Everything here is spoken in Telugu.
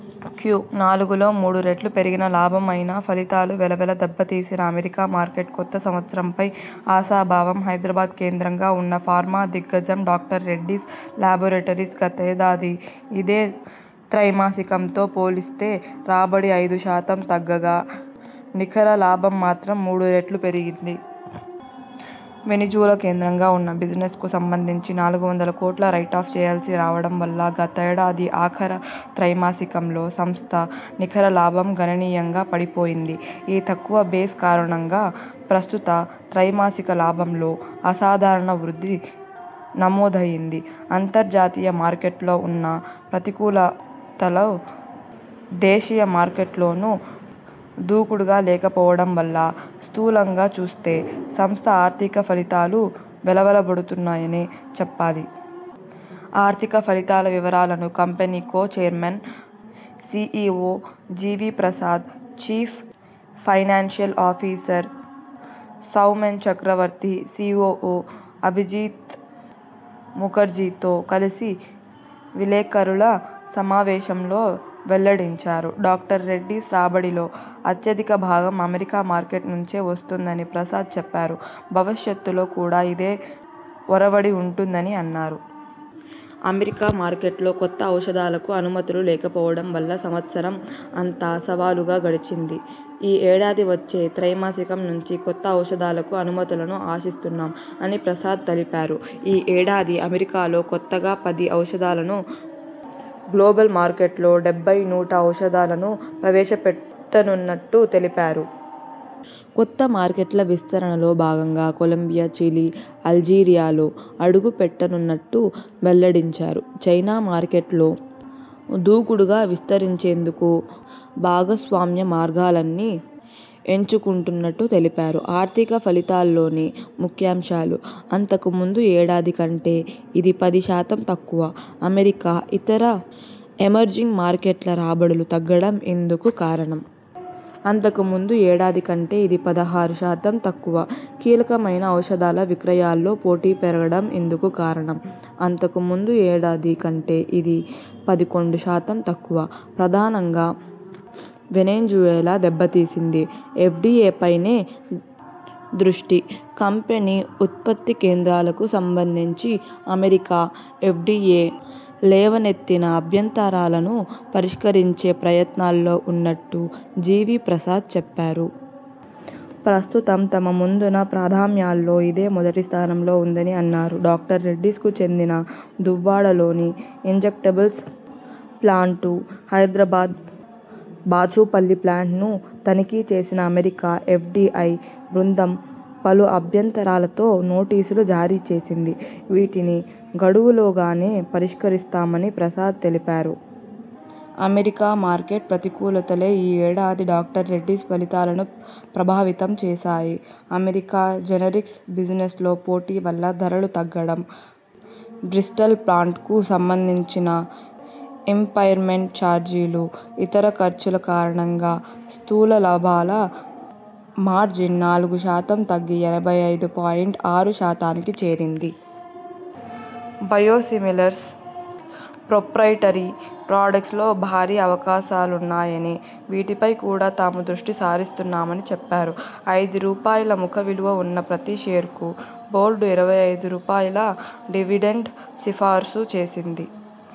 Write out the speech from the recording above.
క్యు నాలుగులో మూడు రెట్లు పెరిగిన లాభం అయినా ఫలితాలు వెలవెల దెబ్బతీసిన అమెరికా మార్కెట్ కొత్త సంవత్సరం పై ఆశాభావం హైదరాబాద్ కేంద్రంగా ఉన్న ఫార్మా దిగ్గజం డాక్టర్ రెడ్డీస్ లాబొరెటరీస్ గతేడాది ఇదే త్రైమాసికంతో పోలిస్తే రాబడి ఐదు శాతం తగ్గగా నికర లాభం మాత్రం మూడురెట్లు పెరిగింది. వెనిజులా కేంద్రంగా ఉన్న బిజినెస్ కు సంబంధించి నాలుగు వందల కోట్లు రైటాఫ్ చేయాల్సి రావడం వల్ల గతేడాది ఆఖర త్రైమాసికంలో సంస్థ నికరలాభం గణనీయంగా పడిపోయింది. ఈ తక్కువ బేస్ కారణంగా ప్రస్తుత త్రైమాసిక లాభంలో అసాధారణ వృద్ధి నమోదైంది. అంతర్జాతీయ మార్కెట్లో ఉన్న ప్రతికూలతలు దేశీయ మార్కెట్లోనూ దూకుడుగా లేకపోవడం వల్ల స్థూలంగా చూస్తే సంస్థ ఆర్థిక ఫలితాలు వెలవెలబడుతున్నాయనే చెప్పాలి. ఆర్థిక ఫలితాల వివరాలను company co chairman, CEO GV Prasad, chief financial officer Soumen Chakraborty, COO Abhijit ముఖర్జీతో కలిసి విలేకరుల సమావేశంలో వెల్లడించారు. డాక్టర్ రెడ్డీస్ రాబడిలో అత్యధిక భాగం అమెరికా మార్కెట్ నుంచే వస్తోందని ప్రసాద్ చెప్పారు. భవిష్యత్తులో కూడా ఇదే ఒరవడి ఉంటుందని అన్నారు. అమెరికా మార్కెట్లో కొత్త ఔషధాలకు అనుమతులు లేకపోవడం వల్ల సంవత్సరం అంతా సవాలుగా గడిచింది. ఈ ఏడాది వచ్చే త్రైమాసికం నుంచి కొత్త ఔషధాలకు అనుమతులను అశిస్తున్నాం'' అని ప్రసాద్ తెలిపారు. ఈ ఏడాది అమెరికాలో కొత్తగా పది ఔషధాలను, గ్లోబల్ మార్కెట్లో డెబ్బై నూట ఔషధాలను ప్రవేశపెట్టనున్నట్టు తెలిపారు. కొత్త మార్కెట్ల విస్తరణలో భాగంగా కొలంబియా, చిలీ, అల్జీరియాలో అడుగుపెట్టనున్నట్టు వెల్లడించారు. చైనా మార్కెట్లో దూకుడుగా విస్తరించేందుకు భాగస్వామ్య మార్గాలన్ని ఎంచుకున్నట్టు తెలిపారు. ఆర్థిక ఫలితాల్లోని ముఖ్యాంశాలు.. అంతకుముందు ఏడాది కంటే ఇది పది శాతం తక్కువ. అమెరికా, ఇతర ఎమర్జింగ్ మార్కెట్ల రాబడులు తగ్గడం ఇందుకు కారణం. అంతకుముందు ఏడాది కంటే ఇది పదహారు శాతం తక్కువ. కీలకమైన ఔషధాల విక్రయాల్లో పోటీ పెరగడం ఇందుకు కారణం. అంతుకుముందు ఏడాది కంటే ఇది పదకొండు శాతం తక్కువ. ప్రధానంగా వెనెజువెలా దెబ్బతీసింది. ఎఫ్డిఎపైనే దృష్టికంపెనీ ఉత్పత్తికేంద్రాలకు సంబంధించి అమెరికా ఎఫ్డిఎ లేవనెత్తిన అభ్యంతరాలను పరిష్కరించే ప్రయత్నాల్లో ఉన్నట్టు జివి ప్రసాద్ చెప్పారు. ప్రస్తుతం తమ ముందున ప్రాధామ్యాల్లో ఇదే మొదటి స్థానంలో ఉందని అన్నారు. డాక్టర్ రెడ్డీస్ కు చెందిన దువ్వాడలోని ఇంజెక్టబుల్స్ ప్లాంటు, హైదరాబాద్ బాచుపల్లి ప్లాంటును తనిఖీ చేసిన అమెరికా ఎఫ్డిఐ బృందం పలు అభ్యంతరాలతో నోటీసులు జారీ చేసింది. వీటిని గడువులోగానే పరిష్కరిస్తామని ప్రసాద్ తెలిపారు. అమెరికా మార్కెట్ ప్రతికూలతలే ఈ ఏడాది డాక్టర్ రెడ్డీస్ ఫలితాలను ప్రభావితం చేశాయి. అమెరికా జనరిక్స్ బిజినెన్లో పోటీ వల్ల ధరలు తగ్గడం, బ్రిస్టల్ ప్లాంట్ కు సంబంధించిన ఇంపైర్మెంట్ చార్జీలు, ఇతర ఖర్చుల కారణంగా స్థూల లాభాల మార్జిన్ నాలుగు శాతం తగ్గి యాభై ఐదు పాయింట్ ఆరు శాతానికి చేరింది. బయోసిమిలర్స్, ప్రొప్రైటరీ ప్రాడక్ట్స్ లో భారీ అవకాశాలున్నాయనీ వీటిపై కూడా తాము దృష్టి సారిస్తున్నామని చెప్పారు. ఐదు రూపాయల ముఖ విలువ ఉన్న ప్రతి షేరుకు బోర్డు ఇరవై ఐదు రూపాయల డివిడెండ్ సిఫారసు చేసింది.